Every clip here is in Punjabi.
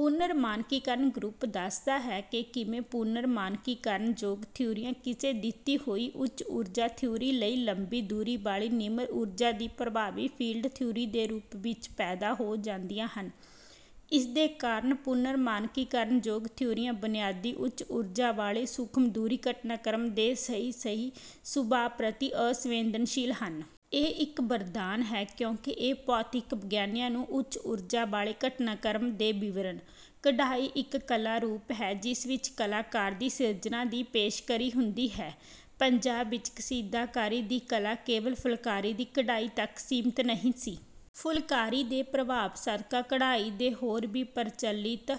ਪੁਨਰ-ਮਾਨਕੀਕਰਨ ਗਰੁੱਪ ਦੱਸਦਾ ਹੈ ਕਿ ਕਿਵੇਂ ਪੁਨਰ-ਮਾਨਕੀਕਰਨਯੋਗ ਥਿਊਰੀਆਂ ਕਿਸੇ ਦਿੱਤੀ ਹੋਈ ਉੱਚ-ਊਰਜਾ ਥਿਊਰੀ ਲਈ ਲੰਬੀ ਦੂਰੀ ਵਾਲੀ ਨਿਮਰ-ਊਰਜਾ ਦੀ ਪ੍ਰਭਾਵੀ ਫੀਲਡ ਥਿਊਰੀ ਦੇ ਰੂਪ ਵਿੱਚ ਪੈਦਾ ਹੋ ਜਾਂਦੀਆਂ ਹਨ। ਇਸਦੇ ਕਾਰਨ ਪੁਨਰ-ਮਾਨਕੀਕਰਨਯੋਗ ਥਿਊਰੀਆਂ ਬੁਨਿਆਦੀ ਉੱਚ-ਊਰਜਾ ਵਾਲੇ ਸੂਖਮ-ਦੂਰੀ ਘਟਨਾਕ੍ਰਮ ਦੇ ਸਹੀ ਸਹੀ ਸੁਭਾਅ ਪ੍ਰਤਿ ਅਸੰਵੇਦਨਸ਼ੀਲ ਹਨ। ਇਹ ਇੱਕ ਵਰਦਾਨ ਹੈ ਕਿਉਂਕਿ ਇਹ ਭੌਤਿਕ ਵਿਗਿਆਨੀਆਂ ਨੂੰ ਉੱਚ-ਊਰਜਾ ਵਾਲੇ ਘਟਨਾਕ੍ਰਮ ਦੇ ਵਿਵਰਣ। ਕਢਾਈ ਇੱਕ ਕਲਾ ਰੂਪ ਹੈ ਜਿਸ ਵਿੱਚ ਕਲਾਕਾਰ ਦੀ ਸਿਰਜਨਾ ਦੀ ਪੇਸ਼ਕਰੀ ਹੁੰਦੀ ਹੈ। ਪੰਜਾਬ ਵਿਚ ਕਸੀਦਾਕਾਰੀ ਦੀ ਕਲਾ ਕੇਵਲ ਫੁਲਕਾਰੀ ਦੀ ਕਢਾਈ ਤੱਕ ਸੀਮਤ ਨਹੀਂ ਸੀ। ਫੁਲਕਾਰੀ ਦੇ ਪ੍ਰਭਾਵ ਸਦਕਾ ਕਢਾਈ ਦੇ ਹੋਰ ਵੀ ਪ੍ਰਚਲਿਤ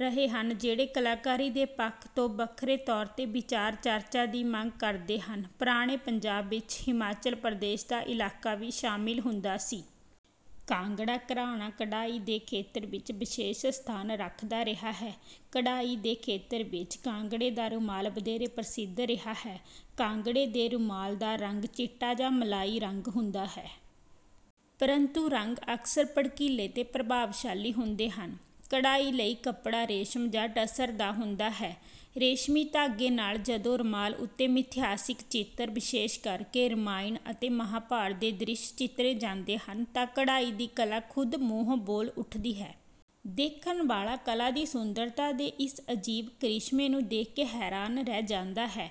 ਰਹੇ ਹਨ ਜਿਹੜੇ ਕਲਾਕਾਰੀ ਦੇ ਪੱਖ ਤੋਂ ਵੱਖਰੇ ਤੌਰ ਤੇ ਵਿਚਾਰ ਚਰਚਾ ਦੀ ਮੰਗ ਕਰਦੇ ਹਨ। ਪੁਰਾਣੇ ਪੰਜਾਬ ਵਿਚ ਹਿਮਾਚਲ ਪ੍ਰਦੇਸ਼ ਦਾ ਇਲਾਕਾ ਵੀ ਸ਼ਾਮਿਲ ਹੁੰਦਾ ਸੀ। ਕਾਂਗੜਾ ਘਰਾਣਾ ਕਢਾਈ ਦੇ ਖੇਤਰ ਵਿਚ ਵਿਸ਼ੇਸ਼ ਸਥਾਨ ਰੱਖਦਾ ਰਿਹਾ ਹੈ। ਕਢਾਈ ਦੇ ਖੇਤਰ ਵਿਚ ਕਾਂਗੜੇ ਦਾ ਰੁਮਾਲ ਵਧੇਰੇ ਪ੍ਰਸਿੱਧ ਰਿਹਾ ਹੈ। ਕਾਂਗੜੇ ਦੇ ਰੁਮਾਲ ਦਾ ਰੰਗ ਚਿੱਟਾ ਜਾਂ ਮਲਾਈ ਰੰਗ ਹੁੰਦਾ ਹੈ। ਪਰੰਤੂ ਰੰਗ ਅਕਸਰ ਭੜਕੀਲੇ ਤੇ ਪ੍ਰਭਾਵਸ਼ਾਲੀ ਹੁੰਦੇ ਹਨ। ਕਢਾਈ ਲਈ ਕੱਪੜਾ ਰੇਸ਼ਮ ਜਾਂ ਟਸਰ ਦਾ ਹੁੰਦਾ ਹੈ। ਰੇਸ਼ਮੀ ਧਾਗੇ ਨਾਲ ਜਦੋਂ ਰੁਮਾਲ ਉੱਤੇ ਮਿਥਿਹਾਸਿਕ ਚਿੱਤਰ ਵਿਸ਼ੇਸ਼ ਕਰਕੇ ਰਮਾਇਣ ਅਤੇ ਮਹਾਂਭਾਰਤ ਦੇ ਦ੍ਰਿਸ਼ ਚਿੱਤਰੇ ਜਾਂਦੇ ਹਨ ਤਾਂ ਕਢਾਈ ਦੀ ਕਲਾ ਖ਼ੁਦ ਮੂੰਹੋਂ ਬੋਲ ਉਠਦੀ ਹੈ। ਦੇਖਣ ਵਾਲਾ ਕਲਾ ਦੀ ਸੁੰਦਰਤਾ ਦੇ ਇਸ ਅਜੀਬ ਕ੍ਰਿਸ਼ਮੇ ਨੂੰ ਦੇਖ ਕੇ ਹੈਰਾਨ ਰਹਿ ਜਾਂਦਾ ਹੈ।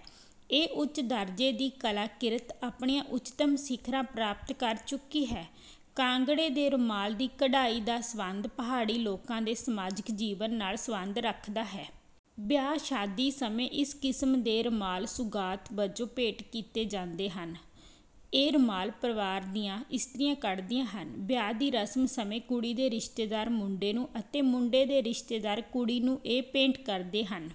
ਇਹ ਉੱਚ-ਦਰਜੇ ਦੀ ਕਲਾ ਕਿਰਤ ਆਪਣੀਆਂ ਉਚਤਮ ਸਿਖਰਾਂ ਪ੍ਰਾਪਤ ਕਰ ਚੁੱਕੀ ਹੈ। ਕਾਂਗੜੇ ਦੇ ਰੁਮਾਲ ਦੀ ਕਢਾਈ ਦਾ ਸੰਬੰਧ ਪਹਾੜੀ ਲੋਕਾਂ ਦੇ ਸਮਾਜਕ ਜੀਵਨ ਨਾਲ ਸੰਬੰਧ ਰੱਖਦਾ ਹੈ। ਵਿਆਹ ਸ਼ਾਦੀ ਸਮੇਂ ਇਸ ਕਿਸਮ ਦੇ ਰੁਮਾਲ ਸੁਗਾਤ ਵਜੋਂ ਭੇਟ ਕੀਤੇ ਜਾਂਦੇ ਹਨ। ਇਹ ਰੁਮਾਲ ਪਰਿਵਾਰ ਦੀਆਂ ਇਸਤਰੀਆਂ ਕੱਢਦੀਆਂ ਹਨ। ਵਿਆਹ ਦੀ ਰਸਮ ਸਮੇਂ ਕੁੜੀ ਦੇ ਰਿਸ਼ਤੇਦਾਰ ਮੁੰਡੇ ਨੂੰ ਅਤੇ ਮੁੰਡੇ ਦੇ ਰਿਸ਼ਤੇਦਾਰ ਕੁੜੀ ਨੂੰ ਇਹ ਭੇਂਟ ਕਰਦੇ ਹਨ।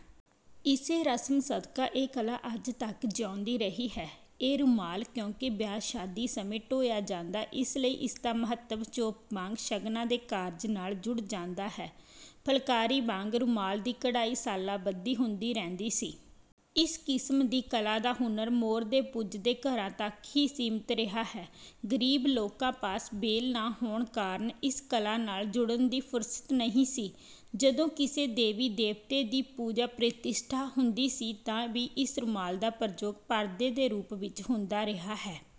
ਇਸੇ ਰਸਮ ਸਦਕਾ ਇਹ ਕਲਾ ਅੱਜ ਤੱਕ ਜਿਊਂਦੀ ਰਹੀ ਹੈ। ਇਹ ਰੁਮਾਲ ਕਿਉਂਕਿ ਵਿਆਹ ਸ਼ਾਦੀ ਸਮੇਂ ਢੋਇਆ ਜਾਂਦਾ ਇਸ ਲਈ ਇਸ ਦਾ ਮਹੱਤਵ ਚੋਪ ਵਾਂਗ ਸ਼ਗਨਾਂ ਦੇ ਕਾਰਜ ਨਾਲ ਜੁੜ ਜਾਂਦਾ ਹੈ। ਫੁਲਕਾਰੀ ਵਾਂਗ ਰੁਮਾਲ ਦੀ ਕਢਾਈ ਸਾਲਾਂ ਬੱਦੀ ਹੁੰਦੀ ਰਹਿੰਦੀ ਸੀ। ਇਸ ਕਿਸਮ ਦੀ ਕਲਾ ਦਾ ਹੁਨਰ ਮੋਰ ਦੇ ਪੁੱਜਦੇ ਘਰਾਂ ਤੱਕ ਹੀ ਸੀਮਿਤ ਰਿਹਾ ਹੈ। ਗ਼ਰੀਬ ਲੋਕਾਂ ਪਾਸ ਵਿਹਲ ਨਾ ਹੋਣ ਕਾਰਣ ਇਸ ਕਲਾ ਨਾਲ ਜੁੜਨ ਦੀ ਫੁਰਸਤ ਨਹੀਂ ਸੀ। ਜਦੋਂ ਕਿਸੇ ਦੇਵੀ ਦੇਵਤੇ ਦੀ ਪੂਜਾ ਪ੍ਰਤਿਸ਼ਠਾ ਹੁੰਦੀ ਸੀ ਤਾਂ ਵੀ ਇਸ ਰੁਮਾਲ ਦਾ ਪ੍ਰਯੋਗ ਪਰਦੇ ਦੇ ਰੂਪ ਵਿਚ ਹੁੰਦਾ ਰਿਹਾ ਹੈ।